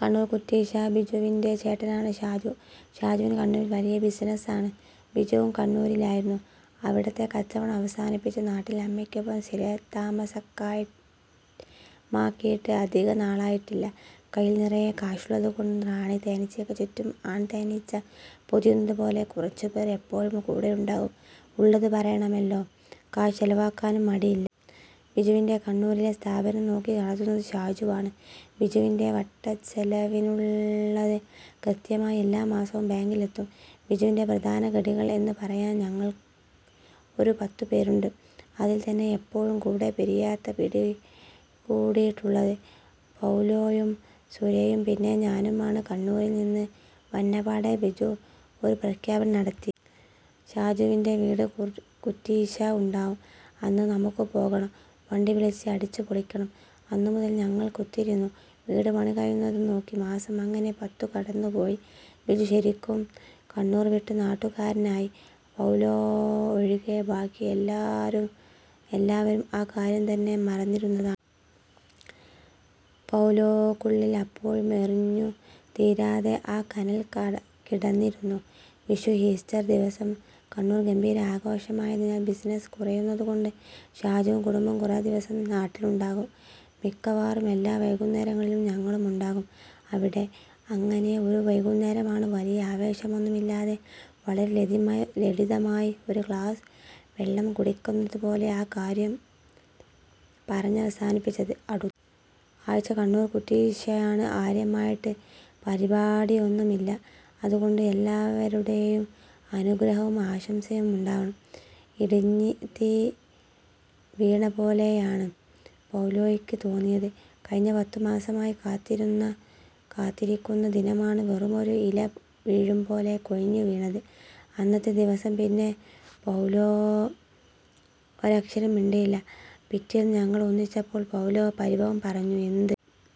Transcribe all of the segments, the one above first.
കണ്ണൂർ കുറ്റീശ്ശ ബിജുവിൻ്റെ ചേട്ടനാണ് ഷാജു. ഷാജുവിന് കണ്ണൂരിൽ വലിയ ബിസിനസാണ്. ബിജുവും കണ്ണൂരിലായിരുന്നു. അവിടത്തെ കച്ചവടം അവസാനിപ്പിച്ച് നാട്ടിൽ അമ്മയ്ക്കൊപ്പം സ്ഥിരതാമസമാക്കിയിട്ട് അധികനാളായിട്ടില്ല. കയ്യിൽ നിറയെ കാശുള്ളതുകൊണ്ട് റാണി തേനീച്ചയ്ക്ക് ചുറ്റും ആൺതേനീച്ച പൊതിയുന്നതുപോലെ കുറച്ചുപേർ എപ്പോഴും കൂടെയുണ്ടാകും. ഉള്ളത് പറയണമല്ലോ, കാശ് ചെലവാക്കാനും മടിയില്ല. ബിജുവിൻ്റെ കണ്ണൂരിലെ സ്ഥാപനം നോക്കി നടത്തുന്നത് ഷാജുവാണ്. ബിജുവിൻ്റെ വട്ടച്ചെലവിനുള്ളത് കൃത്യമായി എല്ലാ മാസവും ബാങ്കിൽ എത്തും. ബിജുവിൻ്റെ പ്രധാന ഘടികൾ എന്ന് പറയാൻ ഞങ്ങൾ ഒരു പത്തുപേരുണ്ട്. അതിൽ തന്നെ എപ്പോഴും കൂടെ പിരിയാതെ പിടികൂടിയിട്ടുള്ളത് പൗലോയും സുരയും പിന്നെ ഞാനുമാണ്. കണ്ണൂരിൽ നിന്ന് വന്നപാടെ ബിജു ഒരു പ്രഖ്യാപനം നടത്തി. ഷാജൂൻ്റെ വീട് കുറ്റീശ്ശ ഉണ്ടാവും. അന്ന് നമുക്ക് പോകണം. വണ്ടി വിളിച്ച് അടിച്ചുപൊളിക്കണം. അന്ന് മുതൽ ഞങ്ങൾ കാത്തിരുന്നു, വീട് പണി കഴിയുന്നതും നോക്കി. മാസം അങ്ങനെ പത്തു കടന്നുപോയി. ബിജു ശരിക്കും കണ്ണൂർ വിട്ട് നാട്ടുകാരനായി. പൗലോ ഒഴികെ ബാക്കി എല്ലാവരും ആ കാര്യം തന്നെ മറന്നിരുന്നതാണ്. പൗലോക്കുള്ളിൽ അപ്പോഴും എരിഞ്ഞുതീരാതെ ആ കനൽ കിടന്നിരുന്നു. വിഷു, ഈസ്റ്റർ ദിവസം കണ്ണൂർ ഗംഭീര ആഘോഷമായതിനാൽ ബിസിനസ് കുറയുന്നതുകൊണ്ട് ഷാജുവും കുടുംബവും കുറേദിവസം നാട്ടിലുണ്ടാകും. മിക്കവാറും എല്ലാ വൈകുന്നേരങ്ങളിലും ഞങ്ങളും ഉണ്ടാകും അവിടെ. അങ്ങനെ ഒരു വൈകുന്നേരമാണ് വലിയ ആവേശമൊന്നുമില്ലാതെ, വളരെ ലളിതമായി ഒരു ഗ്ലാസ് വെള്ളം കുടിക്കുന്നതുപോലെ ആ കാര്യം പറഞ്ഞവസാനിപ്പിച്ചത്. അടുത്ത ആഴ്ച കണ്ണൂർ കുറ്റീശ്ശയാണ്. കാര്യമായിട്ട് പരിപാടിയൊന്നുമില്ല. അതുകൊണ്ട് എല്ലാവരുടെയും അനുഗ്രഹവും ആശംസയും ഉണ്ടാവണം. ഇടിത്തീ വീണ പോലെയാണ് പൗലോയ്ക്ക് തോന്നിയത്. കഴിഞ്ഞ പത്തു മാസമായി കാത്തിരിക്കുന്ന ദിനമാണ് വെറുമൊരു ഇല വീഴുംപോലെ കൊഴിഞ്ഞുവീണത്. അന്നത്തെ ദിവസം പിന്നെ പൗലോ ഒരക്ഷരം മിണ്ടിയില്ല. പിറ്റേന്ന് ഞങ്ങൾ ഒന്നിച്ചപ്പോൾ പൗലോ പരിഭവം പറഞ്ഞു. എന്ത്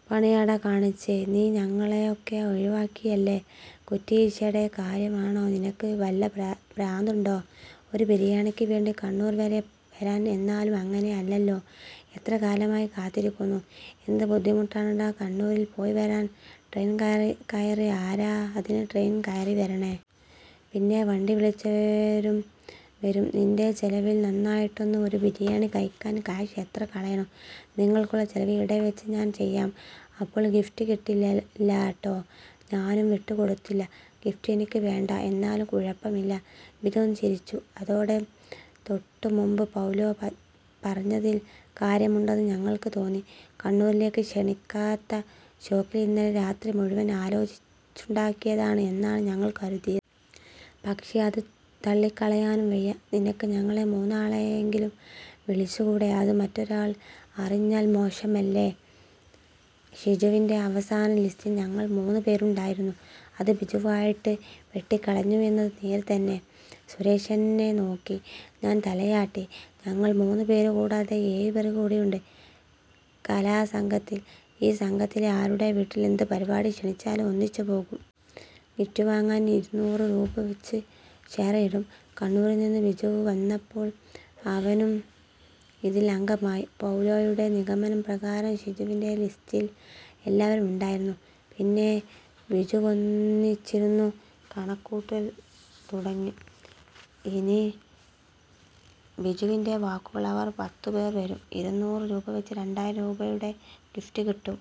പണിയാടാ കാണിച്ചേ. നീ ഞങ്ങളെയൊക്കെ ഒഴിവാക്കിയല്ലേ. കുറ്റീശ്ശടെ കാര്യം ആണോ. നിനക്ക് വല്ല പ്രാന്തുണ്ടോ. ഒരു ബിരിയാണിക്ക് വേണ്ടി കണ്ണൂർ വരെ വരാൻ എന്നാലും അങ്ങനെ അല്ലല്ലോ. എത്ര കാലമായി കാത്തിരിക്കുന്നു. എന്ത് ബുദ്ധിമുട്ടാണെടാ കണ്ണൂരിൽ പോയിവരാൻ. ട്രെയിൻ കയറി ആരാ അതിന് ട്രെയിൻ കയറി വരണേ. പിന്നെ വണ്ടി വിളിച്ചുവരും. നിൻ്റെ ചെലവിൽ നന്നായിട്ടൊന്ന് ഒരു ബിരിയാണി കഴിക്കാൻ കാശ് എത്ര കളയണം. നിങ്ങൾക്കുള്ള ചെലവ് ഇവിടെവെച്ച് ഞാൻ ചെയ്യാം. അപ്പോൾ ഗിഫ്റ്റ് കിട്ടില്ലാട്ടോ. ഞാനും വിട്ടുകൊടുത്തില്ല. ഗിഫ്റ്റ് എനിക്ക് വേണ്ട. എന്നാലും കുഴപ്പമില്ല. ബിജു ഒന്ന് ചിരിച്ചു. അതോടെ തൊട്ടുമുൻപ് പൗലോ പറഞ്ഞതിൽ കാര്യമുണ്ടെന്ന് ഞങ്ങൾക്ക് തോന്നി. കണ്ണൂരിലേക്ക് ക്ഷണിക്കാത്ത ഷോക്കിൽ ഇന്നലെ രാത്രി മുഴുവൻ ആലോചിച്ചുണ്ടാക്കിയതാണ് എന്നാണ് ഞങ്ങൾ കരുതി. പക്ഷേ അത് തള്ളിക്കളയാനും വയ്യ. നിനക്ക് ഞങ്ങളെ മൂന്നാളെയെങ്കിലും വിളിച്ചുകൂടെ. അത് മറ്റൊരാൾ അറിഞ്ഞാൽ മോശമല്ലേ. ഷാജുവിൻ്റെ അവസാന ലിസ്റ്റിൽ ഞങ്ങൾ മൂന്നു പേരുണ്ടായിരുന്നു. അത് ബിജുവായിട്ട് വെട്ടിക്കളഞ്ഞു എന്നത് നേര് തന്നെ. സുരേഷ് എന്നെ നോക്കി. ഞാൻ തലയാട്ടി. ഞങ്ങൾ മൂന്നു പേരുകൂടാതെ ഏഴുപേർ കൂടിയുണ്ട് കലാസംഘത്തിൽ. ഈ സംഘത്തിലെ ആരുടെ വീട്ടിൽ എന്ത് പരിപാടി ക്ഷണിച്ചാലും ഒന്നിച്ചു പോകും. ഗിഫ്റ്റ് വാങ്ങാൻ ഇരുന്നൂറ് രൂപവെച്ച് ഷെയർ ഇടും. കണ്ണൂരിൽനിന്ന് ബിജു വന്നപ്പോൾ അവനും ഇതിൽ അംഗമായി. പൗലോയുടെ നിഗമനം പ്രകാരം ഷാജുവിൻ്റെ ലിസ്റ്റിൽ എല്ലാവരും ഉണ്ടായിരുന്നു. പിന്നെ ബിജുവൊന്നിച്ചിരുന്ന് കണക്കുകൂട്ടിത്തുടങ്ങി. ഇനി ബിജുവിൻ്റെ വാക്കുകൾ. അവർ പത്തുപേർ വരും. ഇരുന്നൂറ് രൂപവെച്ച് രണ്ടായിരം രൂപയുടെ ഗിഫ്റ്റ് കിട്ടും.